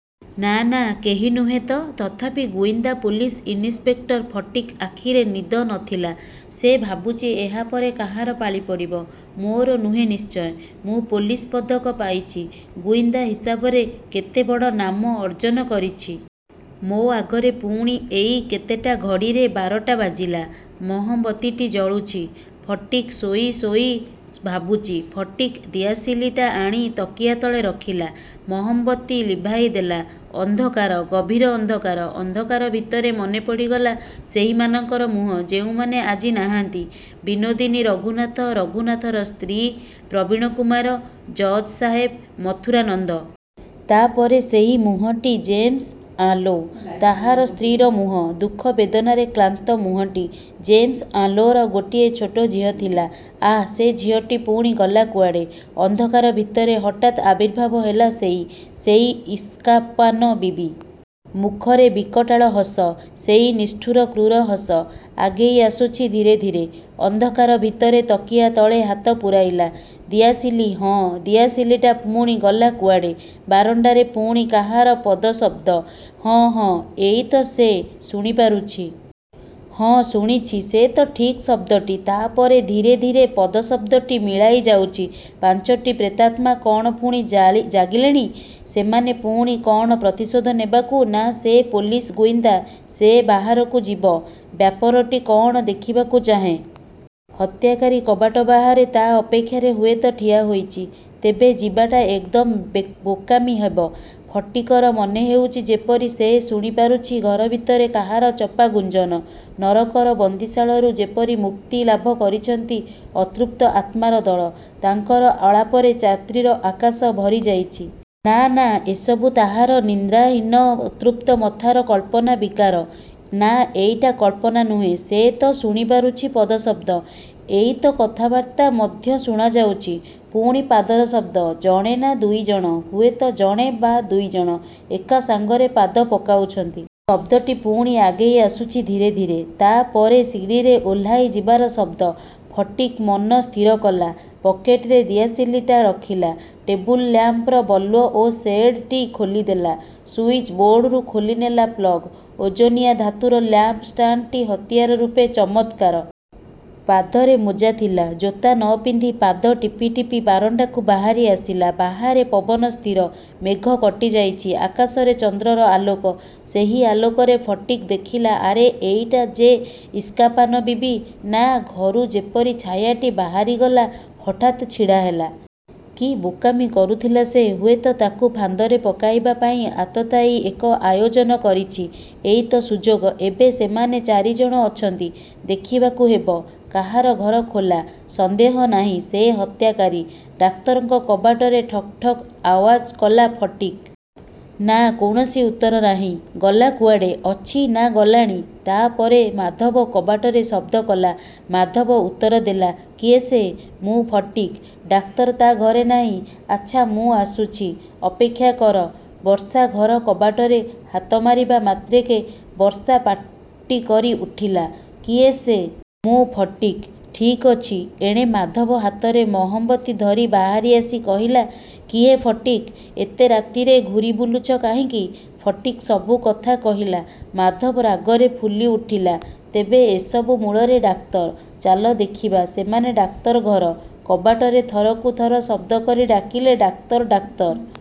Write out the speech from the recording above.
ନା, ନା, କେହି ନୁହେଁ ତ! ତଥାପି ଗୁଇନ୍ଦା ପୋଲିସ ଇନ୍ସପେକ୍ଟର ଫଟିକ୍ ଆଖିରେ ନିଦ ନ ଥିଲା। ସେ ଭାବୁଛି ଏହା ପରେ କାହାର ପାଳି ପଡ଼ିବ? ମୋର ନୁହେଁ ନିଶ୍ଚୟ। ମୁଁ ପୋଲିସ ପଦକ ପାଇଛି। ଗୁଇନ୍ଦା ହିସାବରେ କେତେ ବଡ଼ ନାମ ଅର୍ଜନ କରିଛି। ମୋ ଆଗରେ ପୁଣି ଏଇ କେତେଟା ଘଡ଼ିରେ ବାରଟା ବାଜିଲା। ମହମବତୀଟି ଜଳୁଛି। ଫଟିକ୍ ଶୋଇ ଶୋଇ ଭାବୁଛି। ଫଟିକ୍ ଦିଆସିଲି ଟା ଆଣି ତକିଆ ତଳେ ରଖିଲା। ମହମବତୀ ଲିଭାଇଦେଲା। ଅନ୍ଧକାର। ଗଭୀର ଅନ୍ଧକାର। ଅନ୍ଧକାର ଭିତରେ ମନେପଡ଼ିଗଲା ସେହିମାନଙ୍କର ମୁହଁ ଯେଉଁମାନେ ଆଜି ନାହାନ୍ତି: ବିନୋଦିନୀ, ରଘୁନାଥ, ରଘୁନାଥର ସ୍ତ୍ରୀ, ପ୍ରବୀଣକୁମାର, ଜଜ୍ ସାହେବ, ମଥୁରାନନ୍ଦ। ତା ପରେ ସେହି ମୁହଁଟି ଜେମ୍ସ ଆଂଲୋ। ତାହାର ସ୍ତ୍ରୀର ମୁହଁ। ଦୁଃଖ ବେଦନାରେ କ୍ଳାନ୍ତ ମୁହଁଟି। ଜେମ୍ସ ଆଂଲୋର ଗୋଟିଏ ଛୋଟ ଝିଅ ଥିଲା। ଆହା, ସେ ଝିଅଟି ପୁଣି ଗଲା କୁଆଡ଼େ? ଅନ୍ଧକାର ଭିତରେ ହଠାତ୍ ଆବିର୍ଭାବ ହେଲା ସେଇ, ସେଇ ଇସ୍କାପାନ ବିବି। ମୁଖରେ ବିକଟାଳ ହସ। ସେଇ ନିଷ୍ଠୁର କ୍ରୂର ହସ। ଆଗେଇଆସୁଛି ଧୀରେ ଧୀରେ। ଅନ୍ଧକାର ଭିତରେ ତକିଆ ତଳେ ହାତ ପୂରାଇଲା। ଦିଆସିଲି ହଁ, ଦିଆସିଲି ଟା ପୁଣି ଗଲା କୁଆଡ଼େ? ବାରଣ୍ଡାରେ ପୁଣି କାହାର ପଦଶବ୍ଦ! ହଁ ହଁ, ଏଇ ତ ସେ ଶୁଣିପାରୁଛି। ହଁ, ଶୁଣୁଛି ସେ ତ ଠିକ୍ ଶବ୍ଦଟି। ତା ପରେ ଧୀରେ ଧୀରେ ପଦଶବ୍ଦଟି ମିଳାଇଯାଉଛି। ପାଞ୍ଚଟି ପ୍ରେତାତ୍ମା କ'ଣ ପୁଣି ଜାଗିଲେଣି? ସେମାନେ ପୁଣି କ'ଣ ପ୍ରତିଶୋଧ ନେବାକୁ ନା, ସେ ପୋଲିସ ଗୁଇନ୍ଦା। ସେ ବାହାରକୁ ଯିବ। ବ୍ୟାପାରଟି କ'ଣ, ଦେଖିବାକୁ ଚାହେଁ। ହତ୍ୟାକାରୀ କବାଟ ବାହାରେ ତା ଅପେକ୍ଷାରେ ହୁଏତ ଠିଆ ହୋଇଛି। ତେବେ ଯିବାଟା ଏକଦମ ବୋକାମି ହେବ। ଫଟିକର ମନେହେଉଛି ଯେପରି ସେ ଶୁଣିପାରୁଛି ଘର ଭିତରେ କାହାର ଚପା ଗୁଞ୍ଜନ। ନରକର ବନ୍ଦୀଶାଳାରୁ ଯେପରି ମୁକ୍ତି ଲାଭ କରିଛନ୍ତି ଅତୃପ୍ତ ଆତ୍ମାର ଦଳ। ତାଙ୍କର ଆଳାପରେ ରାତ୍ରିର ଆକାଶ ଭରିଯାଇଛି। ନା, ନା, ଏସବୁ ତାହାର ନିଦ୍ରାହୀନ ଅତୃପ୍ତ ମଥାର କଳ୍ପନା ବିକାର। ନା, ଏଇଟା କଳ୍ପନା ନୁହେଁ। ସେ ତ ଶୁଣିପାରୁଛି ପଦଶବ୍ଦ। ଏଇ ତ କଥାବାର୍ତ୍ତା ମଧ୍ୟ ଶୁଣାଯାଉଛି। ପୁଣି ପାଦର ଶବ୍ଦ। ଜଣେ ନା ଦୁଇ ଜଣ? ହୁଏତ ଜଣେ ବା ଦୁଇ ଜଣ ଏକାସାଙ୍ଗରେ ପାଦ ପକାଉଛନ୍ତି। ଶବ୍ଦଟି ପୁଣି ଆଗେଇଆସୁଛି ଧୀରେ ଧୀରେ। ତା ପରେ ସିଡ଼ିରେ ଓହ୍ଲାଇଯିବାର ଶବ୍ଦ। ଫଟିକ୍ ମନ ସ୍ଥିର କଲା। ପକେଟରେ ଦିଆସିଲି ଟା ରଖିଲା। ଟେବୁଲ ଲ୍ୟାମ୍ପର ବଲ୍ବ ଓ ସେଡ୍ ଟି ଖୋଲିଦେଲା। ସୁଇଚ୍ ବୋର୍ଡରୁ ଖୋଲିନେଲା ପ୍ଲଗ୍। ଓଜନିଆ ଧାତୁର ଲ୍ୟାମ୍ପ ଷ୍ଟାଣ୍ଡଟି ହତିଆର ରୂପେ ଚମତ୍କାର। ପାଦରେ ମୋଜା ଥିଲା। ଜୋତା ନ ପିନ୍ଧି ପାଦ ଟିପି ଟିପି ବାରଣ୍ଡାକୁ ବାହାରିଆସିଲା। ବାହାରେ ପବନ ସ୍ଥିର। ମେଘ କଟିଯାଇଛି। ଆକାଶରେ ଚନ୍ଦ୍ରର ଆଲୋକ। ସେହି ଆଲୋକରେ ଫଟିକ୍ ଦେଖିଲା, ଆରେ, ଏଇଟା ଯେ ଇସ୍କାପାନ ବିବି, ନା! ଘରୁ ଯେପରି ଛାୟାଟି ବାହାରିଗଲା ହଠାତ୍ ଛିଡ଼ାହେଲା। କି ବୋକାମି କରୁଥିଲା ସେ! ହୁଏତ ତାକୁ ଫାନ୍ଦରେ ପକାଇବା ପାଇଁ ଆତତାୟୀ ଏକ ଆୟୋଜନ କରିଛି। ଏଇ ତ ସୁଯୋଗ। ଏବେ ସେମାନେ ଚାରି ଜଣ ଅଛନ୍ତି। ଦେଖିବାକୁ ହେବ କାହାର ଘର ଖୋଲା। ସନ୍ଦେହ ନାହିଁ ସେ ହତ୍ୟାକାରୀ। ଡାକ୍ତରଙ୍କ କବାଟରେ ଠକ୍ ଠକ୍ ଆୱାଜ କଲା ଫଟିକ୍। ନା, କୌଣସି ଉତ୍ତର ନାହିଁ। ଗଲା କୁଆଡ଼େ? ଅଛି ନା ଗଲାଣି? ତା ପରେ ମାଧବ କବାଟରେ ଶବ୍ଦ କଲା। ମାଧବ ଉତ୍ତର ଦେଲା, କିଏ ସେ? ମୁଁ ଫଟିକ୍। ଡାକ୍ତର ତା ଘରେ ନାହିଁ। ଆଚ୍ଛା, ମୁଁ ଆସୁଛି, ଅପେକ୍ଷା କର। ବର୍ଷା ଘର କବାଟରେ ହାତ ମାରିବା ମାତ୍ରକେ ବର୍ଷା ପାଟିକରି ଉଠିଲା, କିଏ ସେ? ମୁଁ ଫଟିକ୍। ଠିକ୍ ଅଛି। ଏଣେ ମାଧବ ହାତରେ ମହମବତୀ ଧରି ବାହାରିଆସି କହିଲା, କିହେ ଫଟିକ୍, ଏତେ ରାତିରେ ଘୂରିବୁଲୁଛ କାହିଁକି? ଫଟିକ୍ ସବୁ କଥା କହିଲା। ମାଧବ ରାଗରେ ଫୁଲିଉଠିଲା, ତେବେ ଏସବୁ ମୂଳରେ ଡାକ୍ତର। ଚାଲ ଦେଖିବା। ସେମାନେ ଡାକ୍ତର ଘର କବାଟରେ ଥରକୁ ଥର ଶବ୍ଦ କରି ଡାକିଲେ, ଡାକ୍ତର, ଡାକ୍ତର!